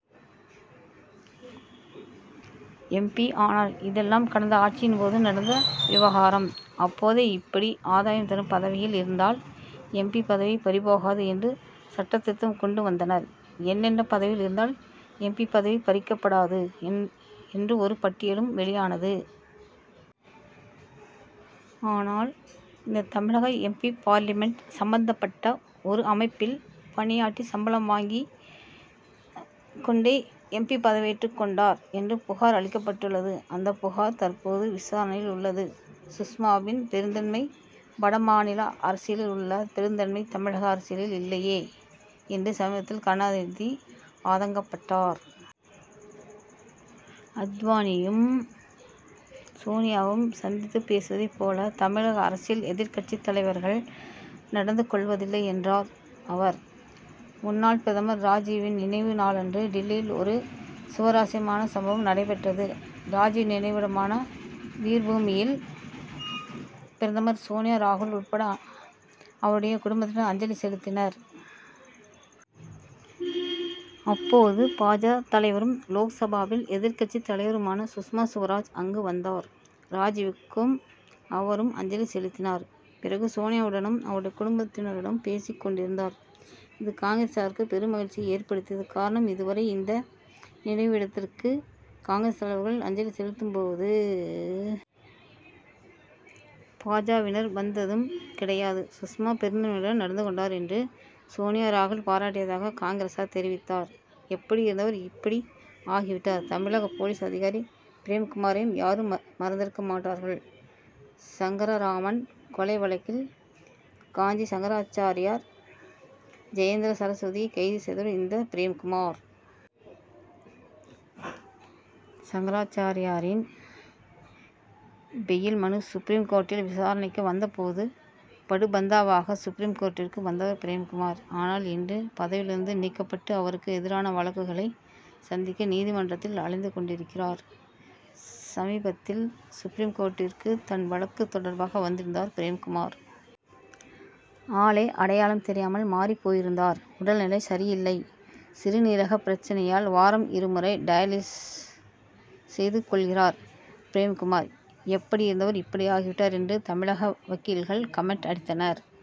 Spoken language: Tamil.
M P. ஆனார். இதெல்லாம் கடந்த ஆட்சியின் போது நடந்த விவகாரம். அப்போதே இப்படி ஆதாயம் தரும் பதவியில் இருந்தால் எம். பி. பதவி பறிபோகாது என்று சட்ட திருத்தம் கொண்டு வந்தனர். என்னென்ன பதவியில் இருந்தால் எம். பி. பதவி பறிக்கப்படாது என்று ஒரு பட்டியலும் வெளியானது. ஆனால் இந்த தமிழக எம். பி. பார்லிமென்ட் சம்பந்தப்பட்ட ஒரு அமைப்பில் பணியாற்றி சம்பளம் வாங்கிக் கொண்டே எம். பி. பதவியேற்றுக் கொண்டார் என்று புகார் அளிக்கப்பட்டுள்ளது. அந்த புகார் தற்போது விசாரணையில் உள்ளது. சுஷ்மாவின் பெருந்தன்மை வடமாநில அரசியலில் உள்ள பெருந்தன்மை தமிழக அரசியலில் இல்லையே என்று சமீபத்தில் கருணாநிதி ஆதங்கப்பட்டார். அத்வானியும் சோனியாவும் சந்தித்து பேசுவதைப் போல தமிழக அரசியல் எதிர்க்கட்சித் தலைவர்கள் நடந்து கொள்வதில்லை என்றார் அவர். முன்னாள் பிரதமர் ராஜிவின் நினைவு நாளன்று டில்லியில் ஒரு சுவாரஸ்யமான சம்பவம் நடைபெற்றது. ராஜிவ் நினைவிடமான வீர் பூமியில் பிரதமர் சோனியா ராகுல் உட்பட அவருடைய குடும்பத்தினர் அஞ்சலி செலுத்தினர். அப்போது பா. ஜ. தலைவரும் லோக்சபாவில் எதிர்க்கட்சித் தலைவருமான சுஷ்மா சுவராஜ் அங்கு வந்தார். ராஜிவுக்கு அவரும் அஞ்சலி செலுத்தினார். பிறகு சோனியாவுடனும் அவருடைய குடும்பத்தினருடனும் பேசிக் கொண்டிருந்தார். இது காங்கிரசாருக்கு பெரும் மகிழ்ச்சியை ஏற்படுத்தியது. காரணம் இதுவரை இந்த நினைவிடத்திற்கு காங்கிரஸ் தலைவர்கள் அஞ்சலி செலுத்தும் போது பா ஜ.வினர் வந்தது கிடையாது. சுஷ்மா பெருந்தன்மையுடன் நடந்து கொண்டார் என்று சோனியா ராகுல் பாராட்டியதாக காங்கிரசார் தெரிவித்தார். எப்படி இருந்தவர் இப்படி ஆகிவிட்டார்? தமிழக போலீஸ் அதிகாரி பிரேம் குமாரை யாரும் மறந்திருக்க மாட்டார்கள். சங்கரராமன் கொலை வழக்கில் காஞ்சி சங்கராச்சாரியார் ஜெயேந்திர சரஸ்வதியை கைது செய்தவர் இந்த பிரேம் குமார். சங்கராச்சாரியாரின் பெயில் மனு சுப்ரீம் கோர்ட்டில் விசாரணைக்கு வந்த போது படுபந்தாவாக சுப்ரீம் கோர்ட்டிற்கு வந்தவர் பிரேம் குமார். ஆனால் இன்று பதவியிலிருந்து நீக்கப்பட்டு அவருக்கு எதிரான வழக்குகளை சந்திக்க நீதிமன்றத்தில் அலைந்து கொண்டிருக்கிறார். சமீபத்தில் சுப்ரீம் கோர்ட்டிற்கு தன் வழக்கு தொடர்பாக வந்திருந்தார் பிரேம் குமார். ஆளே அடையாளம் தெரியாமல் மாறிப்போயிருந்தார். உடல்நிலை சரியில்லை. சிறுநீரகப் பிரச்னையால் வாரம் இருமுறை டயாலிஸ் செய்து கொள்கிறார் பிரேம் குமார். எப்படி இருந்தவர் இப்படி ஆகிவிட்டார் என்று தமிழக வக்கீல்கள் கமென்ட் அடித்தனர்.